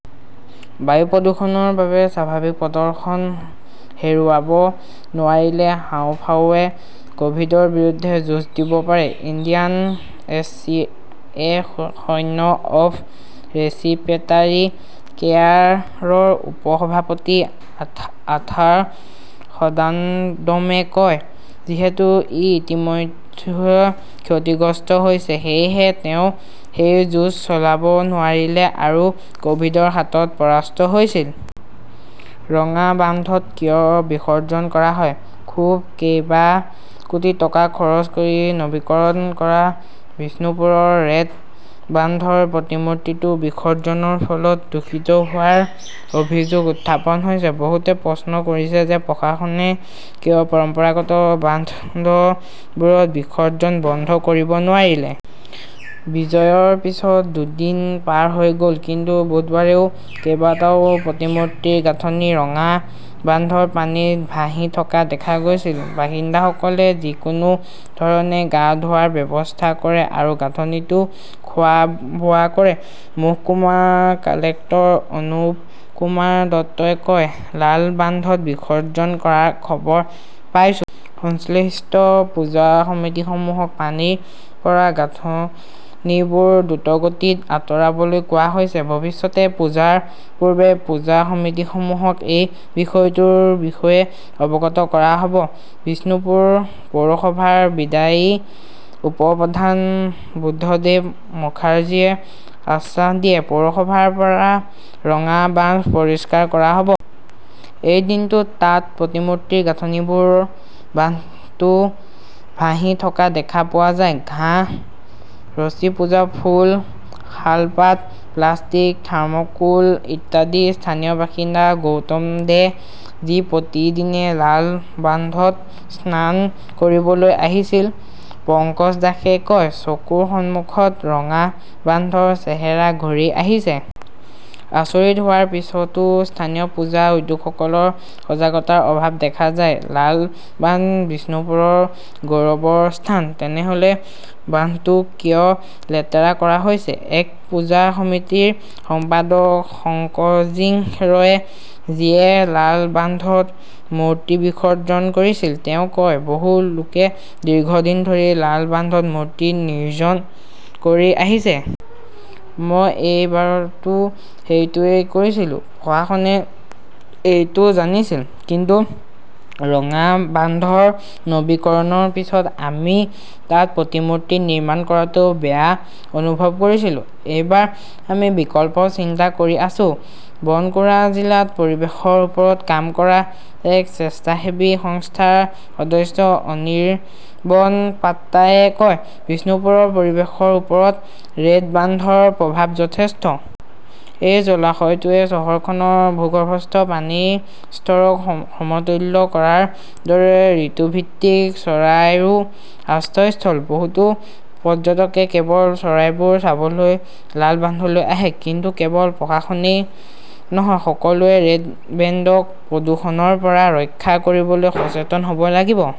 বায়ু প্ৰদূষণৰ বাবে স্বাভাৱিক প্ৰদৰ্শন হেৰুৱাব নোৱাৰিলে হাঁওফাঁওৱে কভিডৰ বিৰুদ্ধে যুঁজ দিব পাৰে, ইণ্ডিয়ান এছিএসৈন্য অৱ ৰেছিপ্ৰেটাৰী কেয়াৰৰ উপ-সভাপতি আথা-আৰ্থাৰ সদানন্দমে কয়। যিহেতু ই ইতিমধ্যে ক্ষতিগ্ৰস্ত হৈছে, সেয়েহে তেওঁ সেই যুঁজ চলাব নোৱাৰিলে আৰু কভিডৰ হাতত পৰাস্ত হৈছিল। ৰঙা বান্ধত কিয় বিসৰ্জন কৰা হয়, ক্ষোভ কেইবা কোটি টকা খৰচ কৰি নৱীকৰণ কৰা বিষ্ণুপুৰৰ ৰেড বান্ধৰ প্ৰতিমূৰ্তিটো বিসৰ্জনৰ ফলত দূষিত হোৱাৰ অভিযোগ উত্থাপন হৈছে। বহুতে প্ৰশ্ন কৰিছে যে প্ৰশাসনে কিয় পৰম্পৰাগত বান্ধ বোবোৰত বিসৰ্জন বন্ধ কৰিব নোৱাৰিলে। বিজয়ৰ পিছত দুদিন পাৰ হৈ গল। কিন্তু বুধবাৰেও কেইবাটাও প্ৰতিমূৰ্তিৰ গাঁথনি ৰঙা বান্ধৰ পানীত ভাহি থকা দেখা গৈছিল। বাসিন্দাসকলে যিকোনো ধৰণে গা ধোৱাৰ ব্যৱস্থা কৰে আৰু গাঁথনিটো খোৱা-বোৱা কৰে। মহকুমা কালেক্টৰ অনুপকুমাৰ দত্তই কয়, লাল বান্ধত বিসৰ্জন কৰাৰ খবৰ পাইছো। সংশ্লিষ্ট পূজা সমিতিসমূহক পানীৰ পৰা গাঁথনিবোৰ দ্ৰুতগতিত আঁতৰাবলৈ কোৱা হৈছে। ভৱিষ্যতে পূজাৰ পূৰ্বে পূজা সমিতিসমূহক এই বিষয়টোৰ বিষয়ে অৱগত কৰা হব। বিষ্ণুপুৰ পৌৰসভাৰ বিদায়ী উপ-প্ৰধান বুদ্ধদেৱ মুখাৰ্জীয়ে আশ্বাস দিয়ে, পৌৰসভাৰ পৰা ৰঙা বান্ধ পৰিষ্কাৰ কৰা হব। এই দিনটোত তাত প্ৰতিমূৰ্তিৰ গাঁথনিবোৰ বান্ধটোত ভাহি থকা দেখা পোৱা যায়, ঘাঁহ। ৰছী, পূজা ফুল, শালপাত, প্লাষ্টিক, থাৰ্মোকোল ইত্যাদি। স্থানীয় বাসিন্দা গৌতম দে, যি প্ৰতিদিনে লাল বান্ধত স্নান কৰিবলৈ আহিছিল, পঙ্কজ দাসে কয়, চকুৰ সন্মুখত ৰঙা বান্ধৰ চেহেৰা ঘূৰি আহিছে। আচৰিত হোৱাৰ পিছতো স্থানীয় পূজা উদ্যোগসকলৰ সজাগতাৰ অভাৱ দেখা যায়, লাল বান্ধ বিষ্ণুপুৰৰ গৌৰৱৰ স্থান। তেনেহলে বান্ধটো কিয় লেতেৰা কৰা হৈছে? এক পূজা সমিতিৰ সম্পাদক শংকজিৎ ৰয়ে, যিয়ে লাল বান্ধত মূৰ্তি বিসৰ্জন কৰিছিল, তেওঁ কয়, বহু লোকে দীৰ্ঘদিন ধৰি লাল বান্ধত মূৰ্তি নিৰ্জন কৰি আহিছে। মই এই বাৰতো সেইটোৱেই কৰিছিলো। প্ৰশাসনে এইটো জানিছিল। কিন্তু ৰঙা বান্ধৰ নৱীকৰণৰ পিছত আমি তাত প্ৰতিমূৰ্তি নিৰ্মাণ কৰাটোও বেয়া অনুভৱ কৰিছিলো। এইবাৰ আমি বিকল্প চিন্তা কৰি আছো। বনকুৰা জিলাত পৰিৱেশৰ ওপৰত কাম কৰা এক স্বেচ্ছাসেৱী সংস্থাৰ সদস্য অনিৰবন পাত্ৰাই কয়, বিষ্ণুপুৰৰ পৰিৱেশৰ ওপৰত ৰেড বান্ধৰ প্ৰভাৱ যথেষ্ট। এই জলাশয়টোৱে চহৰখনৰ ভূগৰ্ভস্থ পানীৰ স্তৰক সম-সমতুল্য কৰাৰ দৰে ঋতুভিত্তিক চৰাইৰো আশ্ৰয়স্থল। বহুতো পৰ্যটকে কেৱল চৰাইবোৰ চাবলৈ লাল বান্ধলৈ আহে। কিন্তু কেৱল প্ৰশাসনই নহয়, সকলোৱে ৰেড বেণ্ডক প্ৰদূষণৰ পৰা ৰক্ষা কৰিবলৈ সচেতন হ 'ব লাগিব।